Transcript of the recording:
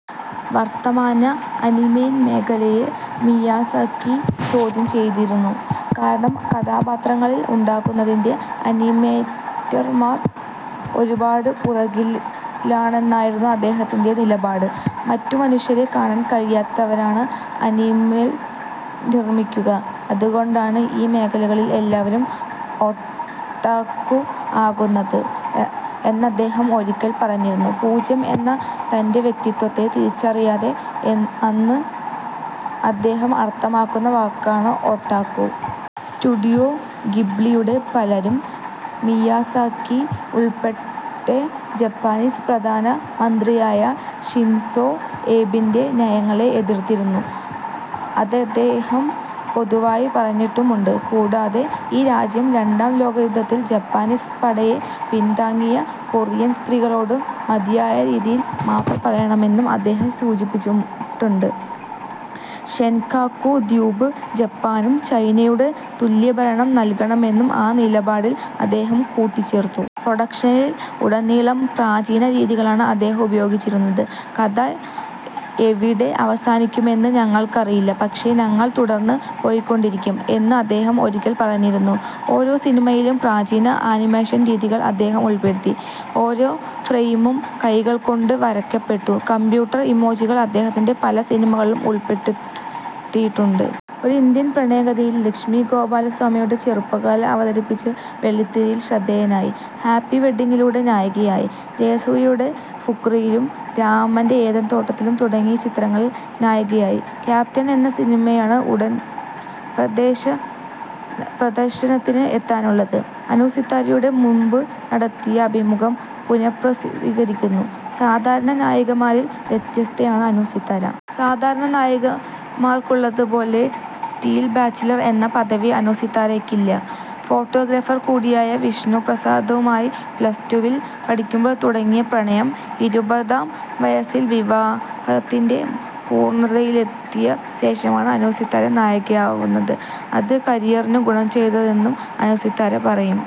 വർത്തമാന അനിമേൻ മേഖലയെ മിയാസാക്കി ചോദ്യം ചെയ്തിരുന്നു, കാരണം കഥാപാത്രങ്ങളിൽ ഉണ്ടാക്കുന്നതിൽ അനിമേറ്റർമാർ ഒരുപാട് പുറകിലാണെന്നായിരുന്നു അദ്ദേഹത്തിന്റെ നിലപാട്. മറ്റു മനുഷ്യരെ കാണാൻ കഴിയാത്തവരാണ് അനിമെ നിർമ്മിക്കുക, അതുകൊണ്ടാണ് ഈ മേഖലയിൽ എല്ലാവരും ഒട്ടാക്കു ആകുന്നത് എന്നദ്ദേഹം ഒരിക്കൽ പറഞ്ഞിരുന്നു. പൂജ്യം എന്ന, തന്റെ വ്യക്തിത്വത്തെ തിരിച്ചറിയാത്ത അന്ന് അദ്ദേഹം അർത്ഥമാക്കുന്ന വാക്കാണ് ഒട്ടാക്കു. സ്റ്റുഡിയോ ഗിബ്ലിയുടെ പലരും, മിയാസാക്കി ഉൾപ്പെടെ ജാപ്പനീസ് പ്രധാന മന്ത്രിയായ ഷിൻസോ ഏബിന്റെ നയങ്ങളെ എതിർത്തിരുന്നു. അതദ്ദേഹം പൊതുവായി പറഞ്ഞിട്ടുമുണ്ട്. കൂടാതെ ഈ രാജ്യം രണ്ടാം ലോകയുദ്ധത്തിൽ ജാപ്പനീസ് പടയെ പിൻതാങ്ങിയ കൊറിയൻ സ്ത്രീകളോട് മതിയായ രീതിയിൽ മാപ്പ് പറയണമെന്നും അദ്ദേഹം സൂചിപ്പിച്ചിട്ടുണ്ട്. ഷെൻകാക്കു ദ്വീബ് ജപ്പാനും, ചൈനയുടെ തുല്യ ഭരണം നൽകണമെന്നും ആ നിലപാടിൽ അദ്ദേഹം കൂട്ടിച്ചേർത്തു. പ്രൊഡക്ഷനിൽ ഉടനീളം പ്രാചീന രീതികളാണ് അദ്ദേഹം ഉപയോഗിച്ചിരുന്നത്, കഥ എവിടെ അവസാനിക്കുമെന്ന് ഞങ്ങൾക്കറിയില്ല, പക്ഷെ ഞങ്ങൾ തുടർന്ന് പോയിക്കൊണ്ടിരിക്കും എന്ന് അദ്ദേഹം ഒരിക്കൽ പറഞ്ഞിരുന്നു. ഓരോ സിനിമയിലും, പ്രാചീന അനിമേഷൻ രീതികൾ അദ്ദേഹം ഉൾപ്പെടുത്തി. ഓരോ ഫ്രെയിമും കൈകൾകൊണ്ട് വരക്കപ്പെട്ടു. കമ്പ്യൂട്ടർ ഇമേജുകൾ അദ്ദേത്തിന്റെ പല സിനിമകളിലും ഉൾപ്പെടുത്തിയിട്ടുണ്ട്. ഒരു ഇന്ത്യൻ പ്രണയകഥയിൽ ലക്ഷ്മി ഗോപാലസ്വാമിയുടെ ചെറുപ്പകാലം അവതരിപ്പിച്ച് വെള്ളിത്തിരയിൽ ശ്രദ്ധേയയായി. ഹാപ്പി വെഡ്ഡിംഗിലൂടെ നായികയായി. ജയസൂര്യയുടെ ഫുക്രിയിലും രാമന്റെ ഏദൻതോട്ടത്തിൽ തുടങ്ങിയ ചിത്രങ്ങളിൽ നായികയായി. ക്യാപ്റ്റൻ എന്ന സിനിമയാണ് ഉടൻ പ്രദർശനത്തിന് എത്താനുള്ളത്. അനുസിത്താരയുമായി മുമ്പ് നടത്തിയ അഭിമുഖം പുനഃപ്രസിദ്ധീകരിക്കുന്നു. സാധാരണ നായികമാരിൽ വ്യത്യസ്തയാണ് അനു സിത്താര. സാധാരണ നായികമാർക്കുള്ളതുപോലെ 'സ്റ്റിൽ ബാച്ചിലർ' എന്ന പദവി അനു സിത്താരയ്ക്ക് ഇല്ല. ഫോട്ടോഗ്രാഫർ കൂടിയായ വിഷ്ണുപ്രസാദുമായി പ്ലസ് ടു വിൽ പഠിക്കുമ്പോൾ തുടങ്ങിയ പ്രണയം ഇരുപതാം വയസ്സിൽ വിവാഹത്തിന്റെ പൂർണതയിലെത്തിയ ശേഷമാണ് അനു സിത്താര നായികയാകുന്നത്. അത് കരിയറിന് ഗുണം ചെയ്തെന്നും അനു സിത്താര പറയും.